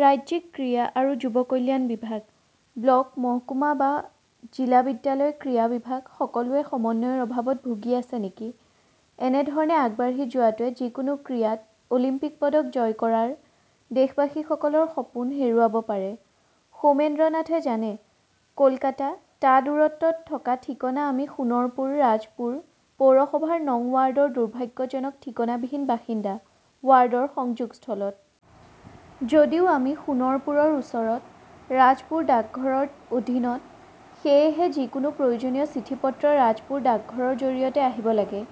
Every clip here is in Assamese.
ৰাজ্যিক ক্ৰীড়া আৰু যুৱ কল্যাণ বিভাগ, ব্লক, মহকুমা বা জিলা বিদ্যালয় ক্ৰীড়া বিভাগ-সকলোৱে সমন্বয়ৰ অভাৱত ভুগি আছে নেকি? এনে ধৰণে আগবাঢ়ি যোৱাটোৱে যিকোনো ক্ৰীড়াত অলিম্পিক পদক জয় কৰাৰ দেশবাসীসকলৰ সপোন হেৰুৱাব পাৰে। সৌমেন্দ্ৰনাথে জানে, কলকাতা- টা দূৰত্বত থকা ঠিকনা আমি সোণৰপুৰ ৰাজপুৰ পৌৰসভাৰ নং ৱাৰ্ডৰ দুৰ্ভাগ্যজনক ঠিকনাবিহীন বাসিন্দা, ৱাৰ্ডৰ সংযোগস্থলত। যদিও আমি সোণৰপুৰৰ ওচৰত, ৰাজপুৰ ডাকঘৰৰ অধীনত। সেয়েহে যিকোনো প্ৰয়োজনীয় চিঠিপত্ৰ ৰাজপুৰ ডাকঘৰৰ জৰিয়তে আহিব লাগে।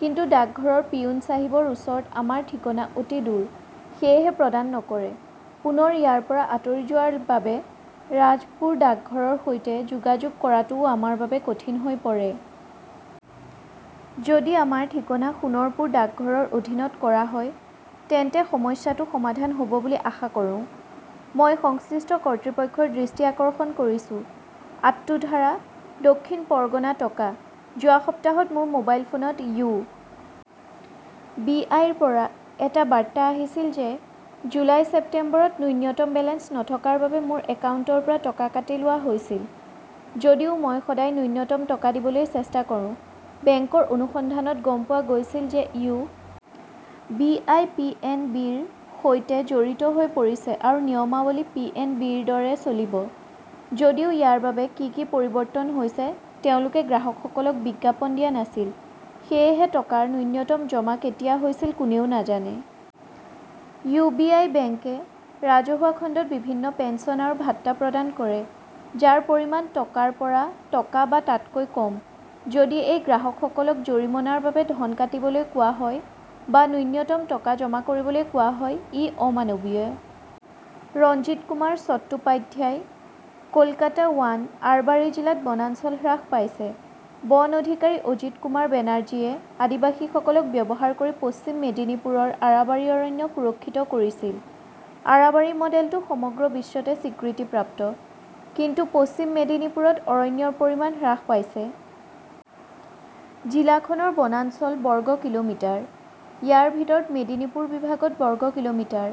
কিন্তু ডাকঘৰৰ পিয়োন চাহিবৰ ওচৰত আমাৰ ঠিকনা অতি দূৰ, সেয়েহে প্ৰদান নকৰে। পুনৰ ইয়াৰ পৰা আঁতৰি যোৱাৰ বাবে ৰাজপুৰ ডাকঘৰৰ সৈতে যোগাযোগ কৰাটোও আমাৰ বাবে সদায় কঠিন হৈ পৰে। যদি আমাৰ ঠিকনা সোণৰপুৰ ডাকঘৰৰ অধীনত কৰা হয়, তেন্তে সমস্যাটো সমাধান হ 'ব বুলি আশা কৰোঁ। মই সংশ্লিষ্ট কৰ্তৃপক্ষৰ দৃষ্টি আকৰ্ষণ কৰিছো। আট্টু ধাৰা, দক্ষিণ পৰগনা টকা! যোৱা সপ্তাহত মোৰ মোবাইল ফোনত ইউ. বি. আই. -ৰ পৰা এটা বাৰ্তা আহিছিল যে জুলাই-ছেপ্টেম্বৰত ন্যূনতম বেলেন্স নথকাৰ বাবে মোৰ একাউণ্টৰ পৰা টকা কাটি লোৱা হৈছিল। যদিও মই সদায় ন্যূনতম জমা দিবলৈ চেষ্টা কৰোঁ। বেংকৰ অনুসন্ধানত গম পোৱা গৈছিল যে U. B. I. P. N. B. -ৰ সৈতে জড়িত হৈ পৰিছে আৰু নিয়মাৱলী পি. এন. বি. -ৰ দৰে চলিব। যদিও ইয়াৰ বাবে কি কি পৰিৱৰ্তন হৈছে, তেওঁলোকে গ্ৰাহকসকলক বিজ্ঞাপন দিয়া নাছিল। সেয়েহে, টকাৰ ন্যূনতম জমা কেতিয়া টকা হৈছিল কোনেও নাজানে। ইউ. বি. আই. বেংকে ৰাজহুৱা খণ্ডত বিভিন্ন পেন্সন আৰু ভাত্তা প্ৰদান কৰে, যাৰ পৰিমাণ টকাৰ পৰা টকা বা তাতকৈ কম। যদি এই গ্ৰাহকসকলক জৰিমনাৰ বাবে ধন কাটিবলৈ কোৱা হয়, বা ন্যূনতম টকা জমা কৰিবলৈ কোৱা হয়, ই অমানৱীয়। ৰঞ্জিত কুমাৰ চট্টোপাধ্যায়, কলকাতা-। আৰবাৰী জিলাত বনাঞ্চল হ্ৰাস পাইছে। বন অধিকাৰী অজিতকুমাৰ বেনাৰ্জীয়ে আদিবাসীসকলক ব্যৱহাৰ কৰি পশ্চিম মেদিনীপুৰৰ আৰাবাৰী অৰণ্য সুৰক্ষিত কৰিছিল। আৰাবাদী মডেলটো সমগ্ৰ বিশ্বতে স্বীকৃতিপ্ৰাপ্ত। কিন্তু পশ্চিম মেদিনীপুৰত অৰণ্যৰ পৰিমাণ হ্ৰাস পাইছে। জিলাখনৰ বনাঞ্চল বৰ্গ কিলোমিটাৰ। ইয়াৰ ভিতৰত মেদিনীপুৰ বিভাগত বৰ্গ কিলোমিটাৰ,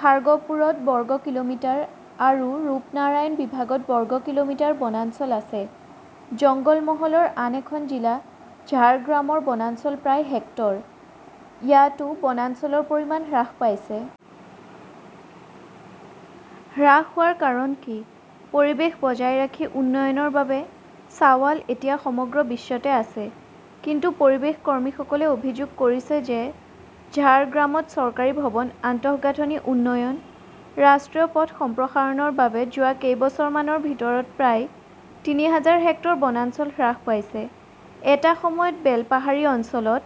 খাৰ্গপুৰত বৰ্গ কিলোমিটাৰ আৰু ৰূপনাৰায়ণ বিভাগত বৰ্গ কিলোমিটাৰ বনাঞ্চল আছে। জঙ্গলমহলৰ আন এখন জিলা ঝাৰগ্ৰামৰ বনাঞ্চল প্ৰায় হেক্টৰ। ইয়াতও বনাঞ্চলৰ পৰিমাণ হ্ৰাস পাইছে। হ্ৰাস হোৱাৰ কাৰণ কি? পৰিৱেশ বজাই ৰাখি উন্নয়নৰ বাবে চাৱাল এতিয়া সমগ্ৰ বিশ্বতে আছে। কিন্তু পৰিৱেশ কৰ্মীসকলে অভিযোগ কৰিছে যে ঝাৰগ্ৰামত চৰকাৰী ভৱন, আন্তঃগাঁথনি উন্নয়ন, ৰাষ্ট্ৰীয় পথ সম্প্ৰসাৰণৰ বাবে যোৱা কেইবছৰমানৰ ভিতৰত প্ৰায় তিনি হাজাৰ হেক্টৰ বনাঞ্চল হ্ৰাস পাইছে। এটা সময়ত বেলপাহাৰী অঞ্চলত